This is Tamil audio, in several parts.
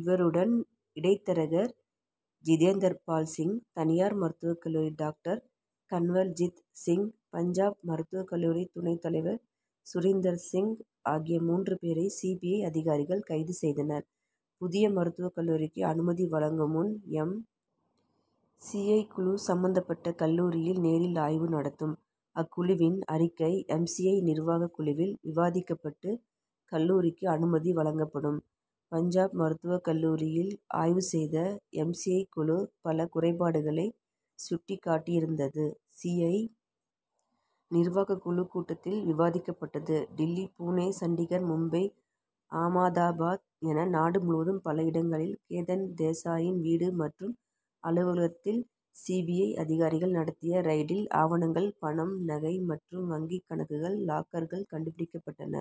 இவருடன் இடைத்தரகர் ஜிதேந்தர்பால் சிங் தனியார் மருத்துவக் கல்லூரி டாக்டர் கன்வல்ஜித் சிங் பஞ்சாப் மருத்துவக் கல்லூரி துணைத் தலைவர் சுரீந்தர் சிங் ஆகிய மூன்று பேரை சி. பி. ஐ. அதிகாரிகள் கைது செய்தனர். புதிய மருத்துவக் கல்லூரிக்கு அனுமதி வழங்கும் முன் எம். சி. ஐ. குழு சம்பந்தப்பட்ட கல்லூரியில் நேரில் ஆய்வு நடத்தும். அக்குழுவின் அறிக்கை எம். சி. ஐ. நிர்வாகக் குழுவில் விவாதிக்கப்பட்டு கல்லூரிக்கு அனுமதி வழங்கப்படும். பஞ்சாப் மருத்துவக் கல்லூரியில் ஆய்வு செய்த எம். சி. ஐ. குழு பல குறைபாடுகளை சுட்டிக்காட்டியிருந்தது. சி. ஐ. நிர்வாகக் குழு கூட்டத்தில் விவாதிக்கப்பட்டது. டில்லி புனே சண்டிகர் மும்பை ஆமதாபாத் என நாடு முழுவதும் பல இடங்களில் கேதன் தேசாயின் வீடு மற்றும் அலுவலகத்தில் சி. பி. ஐ. அதிகாரிகள் நடத்திய ரெய்டில் ஆவணங்கள் பணம் நகை மற்றும் வங்கிக் கணக்குகள் லாக்கர்கள் கண்டுபிடிக்கப்பட்டன.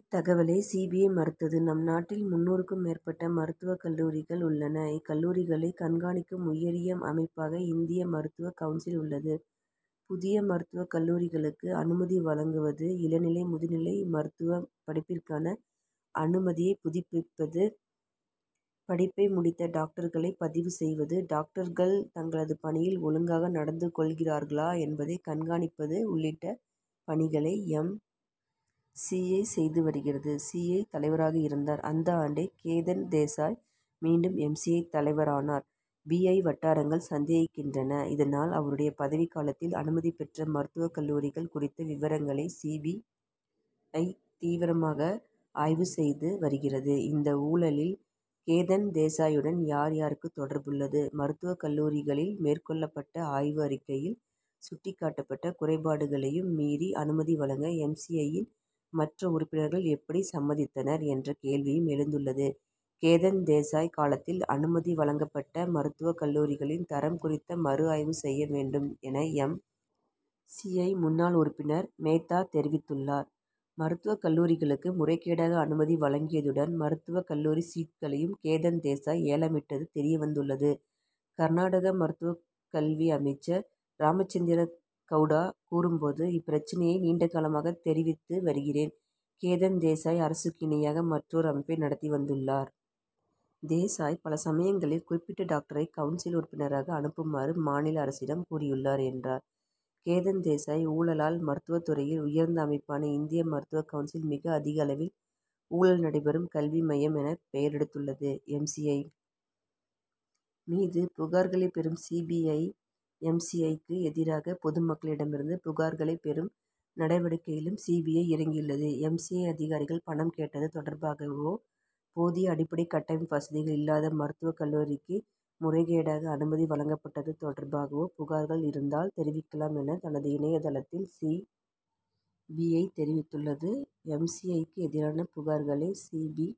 இத்தகவலை சி. பி. ஐ. மறுத்தது. நம் நாட்டில் முந்நூறுக்கும் மேற்பட்ட மருத்துவக் கல்லூரிகள் உள்ளன. இக்கல்லூரிகளைக் கண்காணிக்கும் உயரிய அமைப்பாக இந்திய மருத்துவக் கவுன்சில் உள்ளது. புதிய மருத்துவக் கல்லூரிகளுக்கு அனுமதி வழங்குவது இளநிலை முதுநிலை மருத்துவப் படிப்பிற்கான அனுமதியை புதுப்பிப்பது படிப்பை முடித்த டாக்டர்களை பதிவு செய்வது டாக்டர்கள் தங்களது பணியில் ஒழுங்காக நடந்துகொள்கிறார்களா என்பதை கண்காணிப்பது உள்ளிட்ட பணிகளை எம். சி. ஐ. செய்து வருகிறது. சி. ஐ. தலைவராக இருந்தார். அந்த ஆண்டே கேதன் தேசாய் மீண்டும் எம். சி. ஐ. தலைவரானார். பி. ஐ. வட்டாரங்கள் சந்தேகிக்கின்றன. இதனால் அவருடைய பதவிக் காலத்தில் அனுமதி பெற்ற மருத்துவக் கல்லூரிகள் குறித்த விவரங்களை சி. பி. ஐ. தீவிரமாக ஆய்வு செய்து வருகிறது. இந்த ஊழலில் கேதன் தேசாயுடன் யார் யாருக்கு தொடர்புள்ளது மருத்துவக் கல்லூரிகளில் மேற்கொள்ளப்பட்ட ஆய்வு அறிக்கையில் சுட்டிக்காட்டப்பட்ட குறைபாடுகளையும் மீறி அனுமதி வழங்க எம். சி. ஐ.யின் மற்ற உறுப்பினர்கள் எப்படி சம்மதித்தனர் என்ற கேள்வியும் எழுந்துள்ளது. கேதன் தேசாய் காலத்தில் அனுமதி வழங்கப்பட்ட மருத்துவக் கல்லூரிகளின் தரம் குறித்த மறுஆய்வு செய்ய வேண்டும் என எம். சி. ஐ. முன்னாள் உறுப்பினர் மேத்தா தெரிவித்துள்ளார். மருத்துவக் கல்லூரிகளுக்கு முறைகேடாக அனுமதி வழங்கியதுடன் மருத்துவக் கல்லூரி சீட்களையும் கேதன் தேசாய் ஏலம் விட்டது தெரியவந்துள்ளது. கர்நாடக மருத்துவக் கல்வி அமைச்சர் ராமச்சந்திர கவுடா கூறும்போது இப்பிரச்னையை நீண்டகாலமாக தெரிவித்து வருகிறேன். கேதன் தேசாய் அரசுக்கு இணையாக மற்றொரு அமைப்பை நடத்தி வந்துள்ளார். தேசாய் பல சமயங்களில் குறிப்பிட்ட டாக்டரை கவுன்சில் உறுப்பினராக அனுப்புமாறு மாநில அரசிடம் கூறியுள்ளார் என்றார். கேதன் தேசாய் ஊழலால் மருத்துவத் துறையில் உயர்ந்த அமைப்பான இந்திய மருத்துவக் கவுன்சில் மிக அதிகளவில் ஊழல் நடைபெறும் கல்வி மையம் என பெயரெடுத்துள்ளது. எம். சி. ஐ. மீது புகார்களை பெறும் C. B. I. M. C. ஐ.க்கு எதிராக பொதுமக்களிடமிருந்து புகார்களை பெறும் நடவடிக்கையிலும் சி. பி. ஐ. இறங்கியுள்ளது. எம். சி. ஐ. அதிகாரிகள் பணம் கேட்டது தொடர்பாகவோ போதிய அடிப்படை கட்டமைப்பு வசதிகள் இல்லாத மருத்துவக் கல்லூரிக்கு முறைகேடாக அனுமதி வழங்கப்பட்டது தொடர்பாகவோ புகார்கள் இருந்தால் தெரிவிக்கலாம் என தனது இணையதளத்தில் சி. பி. ஐ. தெரிவித்துள்ளது. எம். சி. ஐ.க்கு எதிரான புகார்களை சி. பி.